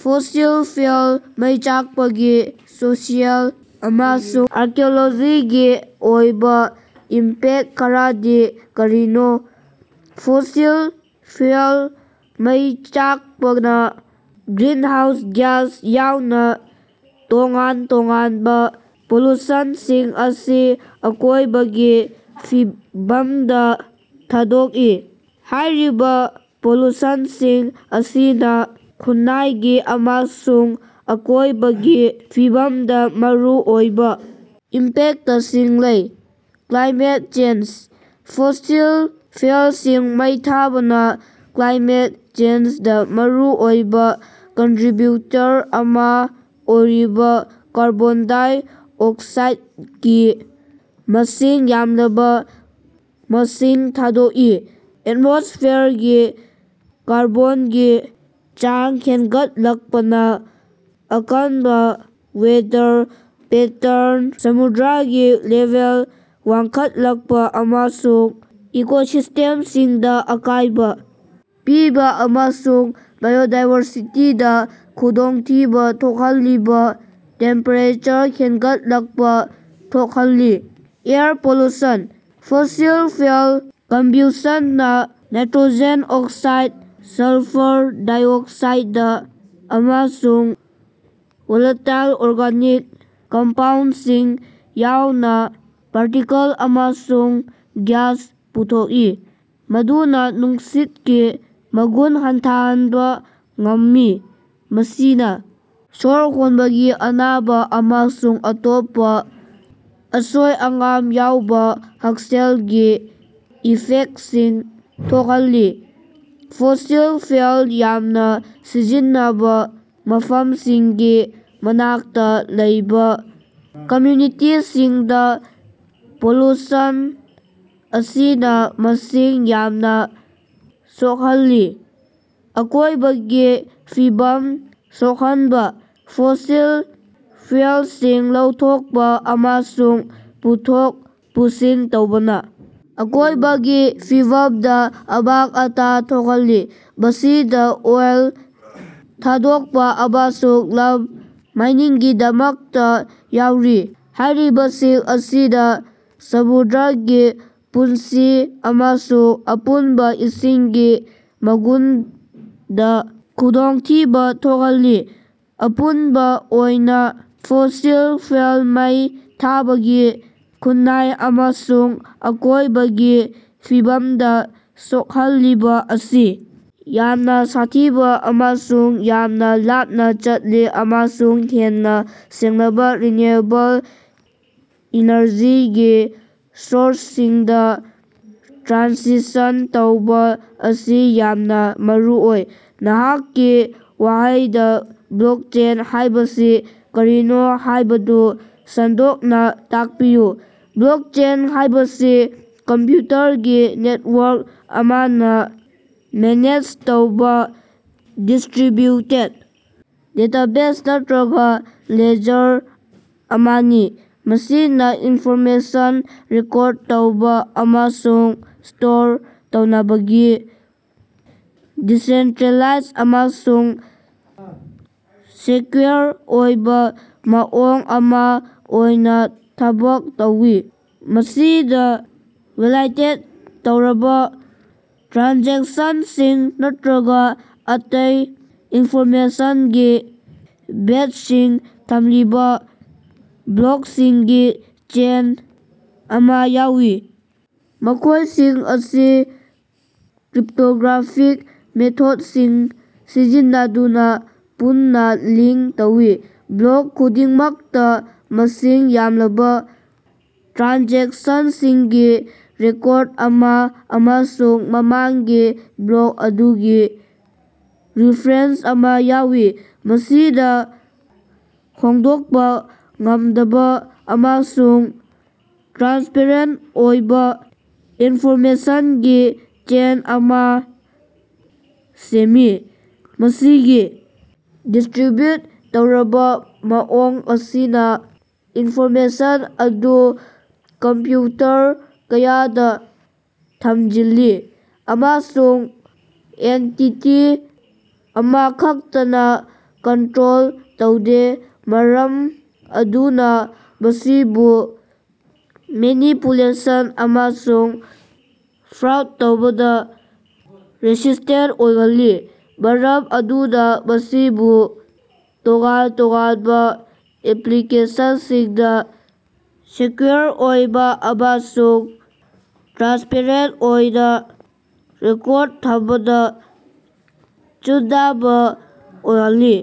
Fossil fuel ꯃꯩ ꯆꯥꯛꯄꯒꯤ social ꯑꯃꯁꯨꯡ ꯑꯥꯔꯀ꯭ꯌꯣꯂꯣꯖꯤꯒꯤ ꯑꯣꯏꯕꯥ ꯏꯝꯄꯦꯛ ꯈꯔꯗꯤ ꯀꯔꯤꯅꯣ? ꯐꯣꯁꯤꯜ ꯐ꯭ꯌꯨꯑꯦꯜ ꯃꯩ ꯆꯥꯛꯄꯅ ꯒ꯭ꯔꯤꯅꯍꯥꯎꯁ ꯒ꯭ꯌꯥꯁ ꯌꯥꯎꯅ ꯇꯣꯉꯥꯟ ꯇꯣꯉꯥꯟꯕ ꯄꯣꯂꯨꯁꯟꯁꯤꯡ ꯑꯁꯤ ꯑꯀꯣꯏꯕꯒꯤ ꯐꯤꯕꯝꯗ ꯊꯥꯗꯣꯛꯏ꯫ ꯍꯥꯏꯔꯤꯕ ꯄꯣꯂꯨꯁꯟꯁꯤꯡ ꯑꯁꯤꯅ ꯈꯨꯟꯅꯥꯏꯒꯤ ꯑꯃꯁꯨꯡ ꯑꯀꯣꯏꯕꯒꯤ ꯐꯤꯕꯝꯗ ꯃꯔꯨꯑꯣꯏꯕ ꯏꯝꯄꯦꯛꯇꯁꯤꯡ ꯂꯩ꯫ ꯀ꯭ꯂꯥꯏꯃꯦꯠ ꯆꯦꯟꯖ: ꯐꯣꯁꯤꯜ ꯐ꯭ꯌꯨꯑꯦꯜꯁꯤꯡ ꯃꯩ ꯊꯥꯕꯅ ꯀ꯭ꯂꯥꯏꯃꯦꯠ ꯆꯦꯟꯖꯗ ꯃꯔꯨꯑꯣꯏꯕ ꯀꯟꯇ꯭ꯔꯤꯕ꯭ꯌꯨꯇꯔ ꯑꯃꯥ ꯑꯣꯏꯔꯤꯕꯥ ꯀꯥꯔꯕꯣꯟ ꯗꯥꯏꯑꯣꯛꯁꯥꯏꯗꯀꯤ ꯃꯁꯤꯡ ꯌꯥꯝꯂꯕ ꯃꯁꯤꯡ ꯊꯥꯗꯣꯛꯏ꯫ ꯑꯦꯠꯃꯣꯁ꯭ꯐꯤꯌꯔꯒꯤ ꯀꯥꯔꯕꯣꯟꯒꯤ ꯆꯥꯡ ꯍꯦꯟꯒꯠꯂꯛꯄꯅ ꯑꯀꯟꯕ ꯋꯦꯗꯔ ꯄꯦꯇ꯭ꯔꯟ, ꯁꯃꯨꯗ꯭ꯔꯒꯤ ꯂꯦꯚꯦꯜ ꯋꯥꯡꯈꯠꯂꯛꯄ ꯑꯃꯁꯨꯡ ꯏꯀꯣꯁꯤꯁ꯭ꯇꯦꯝꯁꯤꯡꯗ ꯑꯀꯥꯏꯕ ꯄꯤꯕ ꯑꯃꯁꯨꯡ ꯕꯥꯏꯑꯣꯗꯥꯏꯕꯔꯁꯤꯇꯤꯗ ꯈꯨꯗꯣꯡꯊꯤꯕ ꯊꯣꯛꯍꯜꯂꯤꯕ ꯇꯦꯝꯄꯦꯔꯦꯆꯔ ꯍꯦꯟꯒꯠꯂꯛꯄ ꯊꯣꯛꯍꯜꯂꯤ꯫ ꯑꯦꯌꯔ ꯄꯣꯂꯨꯁꯟ: ꯐꯣꯁꯤꯜ ꯐ꯭ꯌꯨꯑꯦꯜ ꯀꯝꯕ꯭ꯌꯨꯁꯟꯅ ꯅꯦꯠꯇ꯭ꯔꯣꯖꯦꯟ ꯑꯣꯛꯁꯥꯏꯗ, ꯁꯜꯐ꯭ꯔ ꯗꯥꯏꯑꯣꯛꯁꯥꯏꯗ, ꯑꯃꯁꯨꯡ ꯕꯣꯂꯥꯇꯥꯏꯜ ꯑꯣꯔꯒꯥꯅꯤꯛ ꯀꯝꯄꯥꯎꯟꯗꯁꯤꯡ ꯌꯥꯎꯅ ꯄꯥꯔꯇꯤꯀꯜ ꯑꯃꯁꯨꯡ ꯒ꯭ꯌꯥꯁ ꯄꯨꯊꯣꯛꯏ ꯫ ꯃꯗꯨꯅ ꯅꯨꯡꯁꯤꯠꯀꯤ ꯃꯒꯨꯟ ꯍꯟꯊꯍꯟꯕꯥ ꯉꯝꯃꯤ꯫ ꯃꯁꯤꯅ ꯁꯣꯔ ꯍꯣꯟꯕꯒꯤ ꯑꯅꯥꯕ ꯑꯃꯁꯨꯡ ꯑꯇꯣꯞꯄ ꯑꯁꯣꯏ-ꯑꯉꯥꯝ ꯌꯥꯎꯕ ꯍꯛꯁꯦꯜꯒꯤ ꯏꯐꯦꯛꯇꯁꯤꯡ ꯊꯣꯛꯍꯜꯂꯤ꯫ ꯐꯣꯁꯤꯜ ꯐ꯭ꯌꯨꯑꯦꯜ ꯌꯥꯝꯅ ꯁꯤꯖꯤꯟꯅꯕ ꯃꯐꯝꯁꯤꯡꯒꯤ ꯃꯅꯥꯛꯇꯥ ꯂꯩꯕ ꯀꯃ꯭ꯌꯨꯅꯤꯇꯤꯁꯤꯡꯗꯥ ꯄꯣꯂꯨꯁꯟ ꯑꯁꯤꯅꯥ ꯃꯁꯤꯡ ꯌꯥꯝꯅ ꯁꯣꯛꯍꯜꯂꯤ꯫ ꯑꯀꯣꯏꯕꯒꯤ ꯐꯤꯕꯝ ꯁꯣꯛꯍꯟꯕꯥ: ꯐꯣꯁꯤꯜ ꯐ꯭ꯌꯨꯑꯦꯂꯁꯤꯡ ꯂꯧꯊꯣꯛꯄ ꯑꯃꯁꯨꯡ ꯄꯨꯊꯣꯛ ꯄꯨꯁꯤꯟ ꯇꯧꯕꯅ ꯑꯀꯣꯏꯕꯒꯤ ꯐꯤꯕꯝꯗ ꯑꯃꯥꯡ-ꯑꯇꯥ ꯊꯣꯛꯍꯜꯂꯤ꯫ ꯃꯁꯤꯗ ꯑꯣꯏꯜ ꯊꯥꯗꯣꯛꯄ ꯑꯃꯁꯨꯡ ꯂꯝ ꯃꯥꯏꯅꯤꯡꯒꯤꯗꯃꯛꯇ ꯌꯥꯎꯔꯤ꯫ ꯍꯥꯏꯔꯤꯕꯁꯤꯡ ꯑꯁꯤꯅ ꯁꯃꯨꯗ꯭ꯔꯒꯤ ꯄꯨꯟꯁꯤ ꯑꯃꯁꯨꯡ ꯑꯄꯨꯟꯕ ꯏꯁꯤꯡꯒꯤ ꯃꯒꯨꯟꯗ ꯈꯨꯗꯣꯡꯊꯤꯕ ꯊꯣꯛꯍꯜꯂꯤ꯫ ꯑꯄꯨꯟꯕ ꯑꯣꯏꯅ ꯐꯣꯁꯤꯜ ꯐ꯭ꯌꯨꯑꯦꯜ ꯃꯩ ꯊꯥꯕꯒꯤ ꯈꯨꯟꯅꯥꯏ ꯑꯃꯁꯨꯡ ꯑꯀꯣꯏꯕꯒꯤ ꯐꯤꯕꯝꯗ ꯁꯣꯛꯍꯜꯂꯤꯕ ꯑꯁꯤ ꯌꯥꯝꯅ ꯁꯥꯊꯤꯕ ꯑꯃꯁꯨꯡ ꯌꯥꯝꯅ ꯂꯥꯞꯅ ꯆꯠꯂꯤ ꯑꯃꯁꯨꯡ ꯍꯦꯟꯅ ꯁꯦꯡꯂꯕ ꯔꯤꯟꯌꯨꯑꯦꯕꯜ ꯏꯅꯔꯖꯤꯒꯤ ꯁꯣꯔꯁꯁꯤꯡꯗ ꯇ꯭ꯔꯥꯟꯁꯤꯁꯟ ꯇꯧꯕ ꯑꯁꯤ ꯌꯥꯝꯅ ꯃꯔꯨꯑꯣꯏ꯫ ꯅꯍꯥꯛꯀꯤ ꯋꯥꯍꯩꯗ ꯕ꯭ꯂꯣꯛꯆꯦꯟ ꯍꯥꯏꯕꯁꯤ ꯀꯔꯤꯅꯣ ꯍꯥꯏꯕꯗꯨ ꯁꯟꯗꯣꯛꯅ ꯇꯥꯛꯄꯤꯌꯨ꯫ ꯕ꯭ꯂꯣꯀꯆꯦꯟ ꯍꯥꯏꯕꯁꯤ ꯀꯝꯄ꯭ꯌꯨꯇꯔꯒꯤ ꯅꯦꯇꯋꯥꯔꯛ ꯑꯃꯅ ꯃꯦꯅꯦꯖ ꯇꯧꯕ ꯗꯤꯁꯇ꯭ꯔꯤꯕ꯭ꯌꯨꯇꯦꯗ ꯗꯦꯇꯥꯕꯦꯖ ꯅꯠꯇ꯭ꯔꯒ ꯂꯦꯖꯔ ꯑꯃꯅꯤ꯫ ꯃꯁꯤꯅ ꯏꯟꯐꯣꯔꯃꯦꯁꯟ ꯔꯦꯀꯣꯔꯗ ꯇꯧꯕ ꯑꯃꯁꯨꯡ ꯁ꯭ꯇꯣꯔ ꯇꯧꯅꯕꯒꯤ ꯗꯤꯁꯦꯟꯇ꯭ꯔꯦꯂꯥꯏꯖ ꯑꯃꯁꯨꯡ ꯁꯦꯀ꯭ꯌꯨꯑꯣꯔ ꯑꯣꯏꯕ ꯃꯑꯣꯡ ꯑꯃ ꯑꯣꯏꯅ ꯊꯕꯛ ꯇꯧꯏ꯫ ꯃꯁꯤꯗ ꯚꯤꯂꯥꯏꯇꯦꯠ ꯇꯧꯔꯕ ꯇ꯭ꯔꯥꯟꯖꯦꯛꯁꯟꯁꯤꯡ ꯅꯠꯇ꯭ꯔꯒ ꯑꯇꯩ ꯏꯟꯐꯣꯔꯃꯦꯁꯟꯒꯤ ꯕꯦꯆꯁꯤꯡ ꯊꯝꯂꯤꯕ ꯕ꯭ꯂꯣꯛꯁꯤꯡꯒꯤ ꯆꯦꯟ ꯑꯃ ꯌꯥꯎꯏ꯫ ꯃꯈꯣꯏꯁꯤꯡ ꯑꯁꯤ ꯀ꯭ꯔꯤꯞꯇꯣꯒ꯭ꯔꯥꯐꯤꯛ ꯃꯦꯊꯣꯗꯁꯤꯡ ꯁꯤꯖꯤꯟꯅꯗꯨꯅ ꯄꯨꯟꯅ ꯂꯤꯡ ꯇꯧꯏ꯫ ꯕ꯭ꯂꯣꯛ ꯈꯨꯗꯤꯡꯃꯛꯇ ꯃꯁꯤꯡ ꯌꯥꯝꯂꯕꯥ ꯇ꯭ꯔꯥꯟꯖꯦꯛꯁꯟꯁꯤꯡꯒꯤ ꯔꯦꯀꯣꯔꯗ ꯑꯃ ꯑꯃꯁꯨꯡ ꯃꯃꯥꯡꯒꯤ ꯕ꯭ꯂꯣꯛ ꯑꯗꯨꯒꯤ ꯔꯤꯐꯔꯦꯟꯁ ꯑꯃ ꯌꯥꯎꯏ꯫ ꯃꯁꯤꯅ ꯍꯣꯡꯗꯣꯛꯄ ꯉꯝꯗꯕ ꯑꯃꯁꯨꯡ ꯇ꯭ꯔꯥꯟꯁꯄꯔꯦꯟꯇ ꯑꯣꯏꯕ ꯏꯟꯐꯣꯔꯃꯦꯁꯟꯒꯤ ꯆꯦꯟ ꯑꯃ ꯁꯦꯝꯃꯤ꯫ ꯃꯁꯤꯒꯤ ꯗꯤꯁ꯭ꯇꯔꯤꯕ꯭ꯌꯨꯠ ꯇꯧꯔꯕ ꯃꯑꯣꯡ ꯑꯁꯤꯅ ꯏꯟꯐꯣꯔꯃꯦꯁꯟ ꯑꯗꯨ ꯀꯝꯄ꯭ꯌꯨꯇꯔ ꯀꯌꯥꯗ ꯊꯝꯖꯤꯜꯂꯤ꯫ ꯑꯃꯁꯨꯡ ꯑꯦꯟꯇꯤꯇꯤ ꯑꯃꯈꯛꯇꯅ ꯀꯟꯇ꯭ꯔꯣꯜ ꯇꯧꯗꯦ꯫ ꯃꯔꯝ ꯑꯗꯨꯅ ꯃꯁꯤꯕꯨ ꯃꯦꯅꯤꯄꯨꯂꯦꯁꯟ ꯑꯃꯁꯨꯡ ꯐ꯭ꯔꯣꯗ ꯇꯧꯕꯗ ꯔꯦꯁꯤꯁ꯭ꯇꯦꯟꯇ ꯑꯣꯏꯍꯜꯂꯤ꯫ ꯃꯔꯝ ꯑꯗꯨꯅ ꯃꯁꯤꯕꯨ ꯇꯣꯉꯥꯟ-ꯇꯣꯉꯥꯟꯕ ꯑꯦꯄ꯭ꯂꯤꯀꯦꯁꯟꯁꯤꯡꯗ ꯁꯦꯀ꯭ꯌꯨꯑꯣꯔ ꯑꯣꯏꯕꯥ ꯑꯃꯁꯨꯡ ꯇ꯭ꯔꯥꯟꯁꯄꯔꯦꯟꯇ ꯑꯣꯏꯅ ꯔꯦꯀꯣꯔꯗ ꯊꯝꯕꯗꯥ ꯆꯨꯟꯅꯕ ꯑꯣꯏꯍꯜꯂꯤ꯫